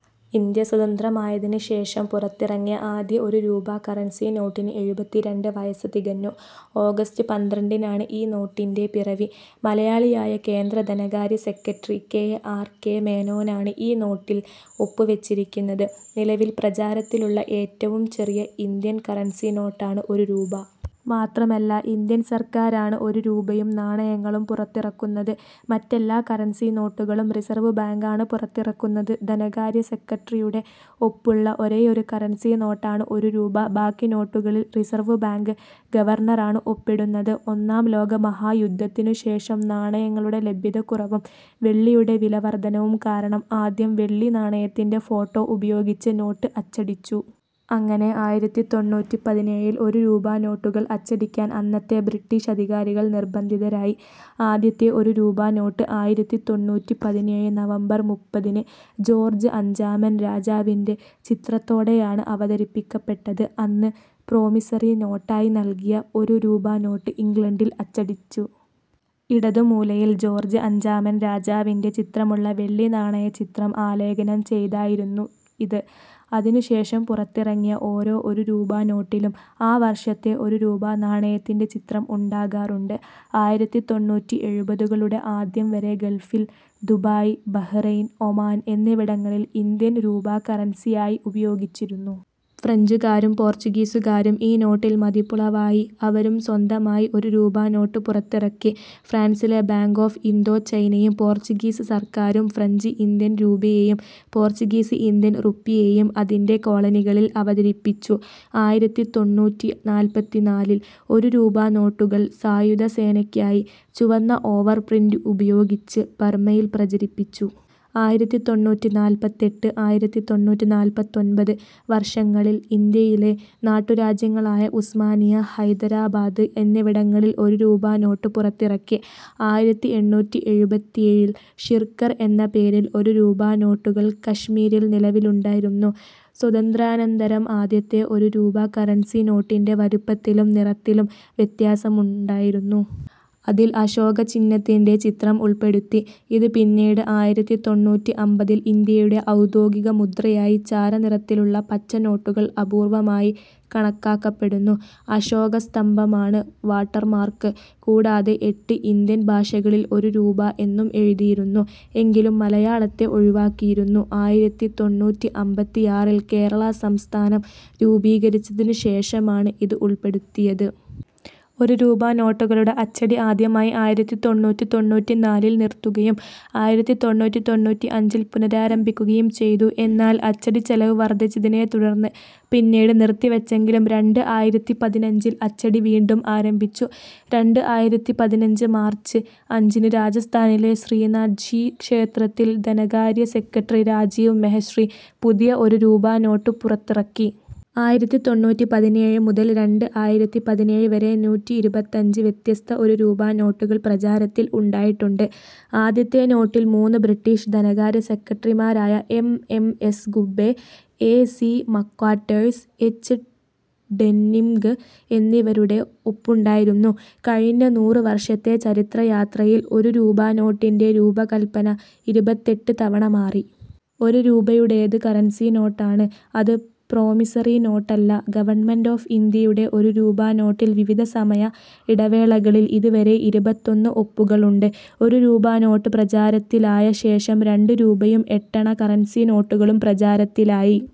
India സ്വതന്ത്രമായതിന് ശേഷം പുറത്തിറങ്ങിയ ആദ്യ ഒരു രൂപ കറൻസി നോട്ടിന് എഴുപത്തിരണ്ട് വയസ്സ് തികഞ്ഞു. ഓഗസ്റ്റ് പന്ത്രണ്ടിനാണ് ഈ നോട്ടിൻ്റെ പിറവി. മലയാളിയായ കേന്ദ്ര ധനകാര്യ സെക്രട്ടറി കെ. ആർ. കെ. മേനോനാണ് ഈ നോട്ടിൽ ഒപ്പുവെച്ചിരിക്കുന്നത്. നിലവിൽ പ്രചാരത്തിലുള്ള ഏറ്റവും ചെറിയ ഇന്ത്യൻ കറൻസി നോട്ടാണ് ഒരു രൂപ. മാത്രമല്ല, ഇന്ത്യൻ സർക്കാരാണ് ഒരു രൂപയും നാണയങ്ങളും പുറത്തിറക്കുന്നത്. മറ്റെല്ലാ കറൻസി നോട്ടുകളും റിസർവ് ബാങ്കാണ് പുറത്തിറക്കുന്നത്. ധനകാര്യ സെക്രട്ടറിയുടെ ഒപ്പുള്ള ഒരേയൊരു കറൻസി നോട്ടാണ് ഒരു രൂപ. ബാക്കി നോട്ടുകളിൽ റിസർവ് ബാങ്ക് ഗവർണറാണ് ഒപ്പിടുന്നത്. ഒന്നാം ലോക മഹായുദ്ധത്തിനു ശേഷം നാണയങ്ങളുടെ ലഭ്യതക്കുറവും വെള്ളിയുടെ വിലവർധനവും കാരണം ആദ്യം വെള്ളി നാണയത്തിൻ്റെ ഫോട്ടോ ഉപയോഗിച്ച് നോട്ട് അച്ചടിച്ചു. അങ്ങനെ ആയിരത്തി തൊണ്ണൂറ്റി പതിനേഴിൽ ഒരു രൂപ നോട്ടുകൾ അച്ചടിക്കാൻ അന്നത്തെ ബ്രിട്ടീഷ് അധികാരികൾ നിർബന്ധിതരായി. ആദ്യത്തെ ഒരു രൂപ നോട്ട് ആയിരത്തി തൊണ്ണൂറ്റി പതിനേഴ് നവംബർ മുപ്പതിന് ജോർജ്ജ് അഞ്ചാമൻ രാജാവിൻ്റെ ചിത്രത്തോടെയാണ് അവതരിപ്പിക്കപ്പെട്ടത്. അന്ന് പ്രോമിസറി നോട്ടായി നൽകിയ ഒരു രൂപ നോട്ട് ഇംഗ്ലണ്ടിൽ അച്ചടിച്ചു. ഇടത് മൂലയിൽ ജോർജ്ജ് അഞ്ചാമൻ രാജാവിൻ്റെ ചിത്രമുള്ള വെള്ളി നാണയ ചിത്രം ആലേഖനം ചെയ്തായിരുന്നു ഇത്. അതിനുശേഷം പുറത്തിറങ്ങിയ ഓരോ ഒരു രൂപ നോട്ടിലും ആ വർഷത്തെ ഒരു രൂപ നാണയത്തിൻ്റെ ചിത്രം ഉണ്ടാകാറുണ്ട്. ആയിരത്തി തൊണ്ണൂറ്റി എഴുപതുകളുടെ ആദ്യം വരെ ഗൾഫിൽ ദുബായ്, ബഹ്റൈൻ, ഒമാൻ എന്നിവിടങ്ങളിൽ ഇന്ത്യൻ രൂപ കറൻസിയായി ഉപയോഗിച്ചിരുന്നു. ഫ്രഞ്ചുകാരും പോർച്ചുഗീസുകാരും ഈ നോട്ടിൽ മതിപ്പുളവായി അവരും സ്വന്തമായി ഒരു രൂപ നോട്ട് പുറത്തിറക്കി. ഫ്രാൻസിലെ ബാങ്ക് ഓഫ് ഇന്തോ-ചൈനയും പോർച്ചുഗീസ് സർക്കാരും ഫ്രഞ്ച് ഇന്ത്യൻ രൂപയെയും പോർച്ചുഗീസ് ഇന്ത്യൻ റുപ്പിയെയും അതിൻറെ കോളനികളിൽ അവതരിപ്പിച്ചു. ആയിരത്തി തൊണ്ണൂറ്റി നാൽപ്പത്തിനാലിൽ ഒരു രൂപ നോട്ടുകൾ സായുധ സേനയ്ക്കായി ചുവന്ന ഓവർപ്രിന്റ് ഉപയോഗിച്ച് ബർമയിൽ പ്രചരിപ്പിച്ചു. ആയിരത്തി തൊണ്ണൂറ്റി നാൽപ്പത്തെട്ട്, ആയിരത്തി തൊണ്ണൂറ്റി നാൽപ്പത്തൊൻപത് വർഷങ്ങളിൽ ഇന്ത്യയിലെ നാട്ടുരാജ്യങ്ങളായ ഉസ്മാനിയ, ഹൈദരാബാദ് എന്നിവിടങ്ങളിൽ ഒരു രൂപ നോട്ട് പുറത്തിറക്കി. ആയിരത്തി എണ്ണൂറ്റി എഴുപത്തേഴിൽ ശിർക്കർ എന്ന പേരിൽ ഒരു രൂപ നോട്ടുകൾ കശ്മീരിൽ നിലവിലുണ്ടായിരുന്നു. സ്വാതന്ത്ര്യാനന്തരം ആദ്യത്തെ ഒരു രൂപ കറൻസി നോട്ടിൻറെ വലുപ്പത്തിലും നിറത്തിലും വ്യത്യാസമുണ്ടായിരുന്നു. അതിൽ അശോക ചിഹ്നത്തിൻ്റെ ചിത്രം ഉൾപ്പെടുത്തി. ഇത് പിന്നീട് ആയിരത്തി തൊണ്ണൂറ്റി അമ്പതിൽ ഇന്ത്യയുടെ ഔദ്യോഗിക മുദ്രയായി. ചാരനിറത്തിലുള്ള പച്ച നോട്ടുകൾ അപൂർവമായി കണക്കാക്കപ്പെടുന്നു. അശോകസ്തംഭമാണ് വാട്ടർമാർക്ക്. കൂടാതെ എട്ട് ഇന്ത്യൻ ഭാഷകളിൽ ഒരു രൂപ എന്നും എഴുതിയിരുന്നു. എങ്കിലും മലയാളത്തെ ഒഴിവാക്കിയിരുന്നു. ആയിരത്തി തൊണ്ണൂറ്റി അമ്പത്തിയാറിൽ കേരള സംസ്ഥാനം രൂപീകരിച്ചതിനുശേഷമാണ് ഇത് ഉൾപ്പെടുത്തിയത്. ഒരു രൂപ നോട്ടുകളുടെ അച്ചടി ആദ്യമായി ആയിരത്തി തൊണ്ണൂറ്റി തൊണ്ണൂറ്റി നാലിൽ നിർത്തുകയും ആയിരത്തി തൊണ്ണൂറ്റി തൊണ്ണൂറ്റി അഞ്ചിൽ പുനരാരംഭിക്കുകയും ചെയ്തു. എന്നാൽ അച്ചടി ചെലവ് വർധിച്ചതിനെ തുടർന്ന് പിന്നീട് നിർത്തിവെച്ചെങ്കിലും രണ്ട് ആയിരത്തി പതിനഞ്ചിൽ അച്ചടി വീണ്ടും ആരംഭിച്ചു. രണ്ട് ആയിരത്തി പതിനഞ്ച് മാർച്ച് അഞ്ചിന് രാജസ്ഥാനിലെ ശ്രീനാഥ്ജി ക്ഷേത്രത്തിൽ ധനകാര്യ സെക്രട്ടറി രാജീവ് മെഹ്രിഷി പുതിയ ഒരു രൂപ നോട്ട് പുറത്തിറക്കി. ആയിരത്തി തൊണ്ണൂറ്റി പതിനേഴ് മുതൽ രണ്ട് ആയിരത്തി പതിനേഴ് വരെ നൂറ്റിയിരുപത്തഞ്ച് വ്യത്യസ്ത ഒരു രൂപ നോട്ടുകൾ പ്രചാരത്തിൽ ഉണ്ടായിട്ടുണ്ട്. ആദ്യത്തെ നോട്ടിൽ മൂന്ന് ബ്രിട്ടീഷ് ധനകാര്യ സെക്രട്ടറിമാരായ M. M. S. Gubbay, A. C. McWatters, H. Denning എന്നിവരുടെ ഒപ്പുണ്ടായിരുന്നു. കഴിഞ്ഞ നൂറ് വർഷത്തെ ചരിത്ര യാത്രയിൽ, ഒരു രൂപ നോട്ടിൻ്റെ രൂപകൽപ്പന ഇരുപത്തെട്ട് തവണ മാറി. ഒരു രൂപയുടേത് കറൻസി നോട്ട് ആണ്, അത് പ്രോമിസറി നോട്ട് അല്ല. ഗവൺമെന്റ് ഓഫ് ഇന്ത്യയുടെ ഒരു രൂപ നോട്ടിൽ വിവിധ സമയ ഇടവേളകളിൽ ഇതുവരെ ഇരുപത്തൊന്ന് ഒപ്പുകളുണ്ട്. ഒരു രൂപ നോട്ട് പ്രചാരത്തിലായ ശേഷം രണ്ട് രൂപയും എട്ടണ കറൻസി നോട്ടുകളും പ്രചാരത്തിലായി.